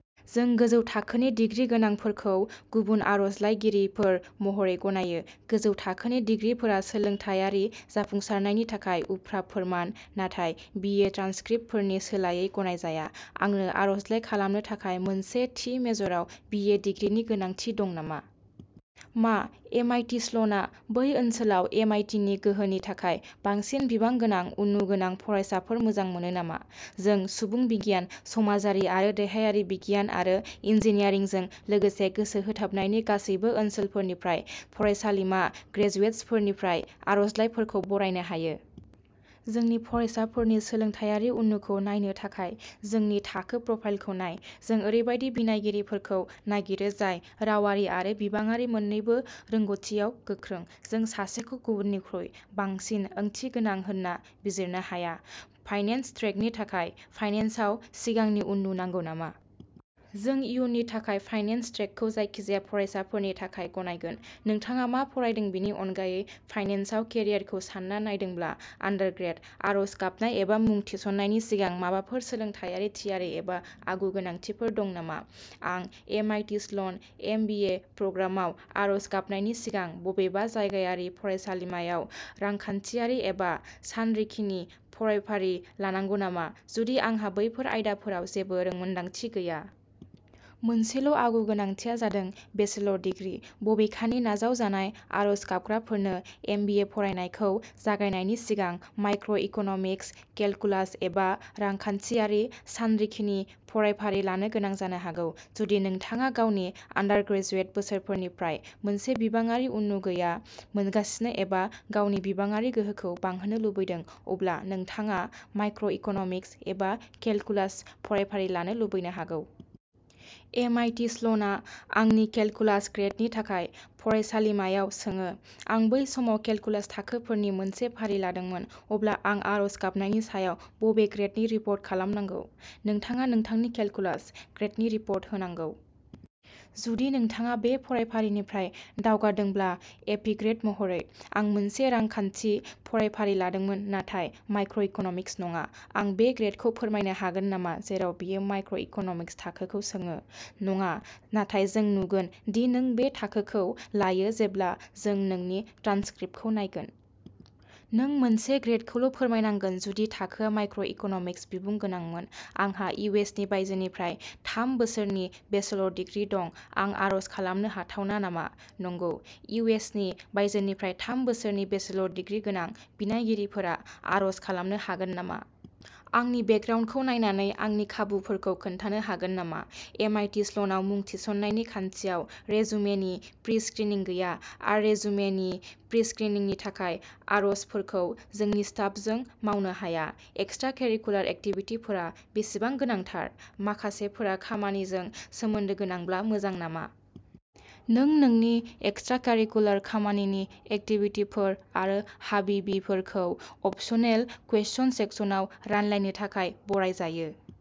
जों गोजौ थाखोनि डिग्रि गोनांफोरखौ गुबुन आर'जलाइगिरिफोर महरै गनायो। गोजौ थाखोनि डिग्रिफोरा सोलोंथायारि जाफुंसारनायनि थाखाय उफ्रा फोरमान, नाथाय बि ए ट्रान्सक्रिप्टफोरनि सोलायै गनायजाया। आंनो आर'जलाइ खालामनो थाखाय मोनसे थि मेजराव बि ए डिग्रीनि गोनांथि दं नामा? मा एम आइ टि स्ल'ना बै ओनसोलाव एम आइ टि नि गोहोनि थाखाय बांसिन बिबां गोनां उननु गोनां फरायसाफोरखौ मोजां मोनो नामा? जों सुबुं बिगियान, समाजारि आरो देहायारि बिगियान आरो इन्जिनियारिंजों लोगोसे गोसो होथाबनायनि गासैबो ओनसोलफोरनिफ्राय फरायसालिमा ग्रेजुएट्सफोरनिफ्राय आर'जलाइफोरखौ बरायनो हायो। जोंनि फरायसाफोरनि सोलोंथायारि उननुखौ नायनो थाखाय जोंनि थाखो प्रफाइलखौ नाय। जों ओरैबायदि बिनायगिरिफोरखौ नागिरो जाय रावारि आरो बिबांआरि मोननैबो रोंग'थियाव गोख्रों। जों सासेखौ गुबुननिख्रुइ बांसिन ओंथिगोनां होन्ना बिजिरनो हाया। फाइनेन्स ट्रेकनि थाखाय फाइनेन्सआव सिगांनि उननु नांगौ नामा? जों इयुननि थाखाय फाइनेन्स ट्रेकखौ जायखिजाया फरायसाफोरनि थाखाय गनायगोन, नोंथाङा मा फरायदों बेनि अनगायै, फाइनेन्सआव केरियारखौ सान्ना नायदोंब्ला। आन्डारग्रेद। आर'ज गाबनाय एबा मुं थिसननायनि सिगां माबाफोर सोलोंथायारि थियारि एबा आगु-गोनांथिफोर दं नामा? आं M I T Sloan M B A प्रग्रामाव आरज गाबनायनि सिगां बबेबा जायगायारि फरायसालिमायाव रांखान्थियारि एबा सानरिखिनि फरायफारि लानांगौ नामा, जुदि आंहा बैफोर आयदाफोराव जेबो रोंमोनदांथि गैया? मोनसेल'आगु-गोनांथिआ जादों बेचलर दिग्रि। बबेखानि, नाजावजानाय आरज गाबग्राफोरनो एम बि ए फरायनायखौ जागायनायनि सिगां माइक्र' इक'नमिक्स, केलकुलास, एबा रांखान्थियारि सानरिखिनि फरायफारि लानो गोनां जानो हागौ। जुदि नोंथाङा गावनि आन्डारग्रेजुएट बोसोरफोरनिफ्राय मोनसे बिबांआरि उननु गैया मोनगासिनो एबा गावनि बिबांआरि गोहोखौ बांहोनो लुबैदों, अब्ला नोंथाङा माइक्र' इक'न'मिक्स एबा केलकुलास फरायफारि लानो लुबैनो हागौ। एम आइ टि स्ल'नआ आंनि केलकुलास ग्रेडनि थाखाय फरायसालिमायाव सोङो। आं बै समाव केलकुलास थाखोफोरनि मोनसे फारि लादोंमोन, अब्ला आं आर'ज गाबनायनि सायाव बबे ग्रेडनि रिपर्ट खालामनांगौ? नोंथाङा नोंथांनि केलकुलास। ग्रेडनि रिपर्ट होनांगौ। जुदि नोंथाङा बे फरायफारिनिफ्राय दावगादोंब्ला, एपि ग्रेड महरै। आं मोनसे रांखान्थि फरायफारि लादोंमोन नाथाय माइक्र' इक'नमिक्स नङा। आं बे ग्रेडखौ फोरमायनो हागोन नामा जेराव बेयो माइक्र' इक'नमिक्स थाखोखौ सोङो? नङा, नाथाय जों नुगोन दि नों बे थाखोखौ लायो जेब्ला जों नोंनि ट्रान्सक्रिप्टखौ नायगोन। नों मोनसे ग्रेदखौल' फोरमायनांगोन जुदि थाखोआ माइक्र' इक'नमिक्स बिमुं गोनांमोन। आंहा इउ एस नि बायजोनिफ्राय थाम बोसोरनि बेचलर डिग्री दं। आं आर'ज खालामनो हाथावना नामा? नंगौ। इउ एस नि बायजोनिफ्राय थाम बोसोरनि बेचलर डिग्री गोनां बिनायगिरिफोरा आर'ज खालामनो हागोन नामा। आंनि बेकग्राउन्डखौ नायनानै आंनि खाबुफोरखौ खोन्थानो हागोन नामा? एम आइ टि स्ल'नाव मुं थिसननायनि खान्थियाव रिजुमेनि प्रि-स्क्रिनिं गैया। आर'जुमेनि प्रि-स्क्रिनिंनि थाखाय आर'ज्सफोरखौ जोंनि स्टाफजों मावनो हाया। एक्सट्रा-कारिकुलार एक्टिभिटिफोरा बेसेबां गोनांथार? माखासेफोरा खामानिजों सोमोन्दो गोनांब्ला मोजां नामा? नों नोंनि एक्सट्रा-कारिकुलार खामानिनि एक्टिभिटिफोर आरो हाबिबिफोरखौ अपसनेल क्वेश्चन सेक्सनाव रानलायनो थाखाय बराय जायो।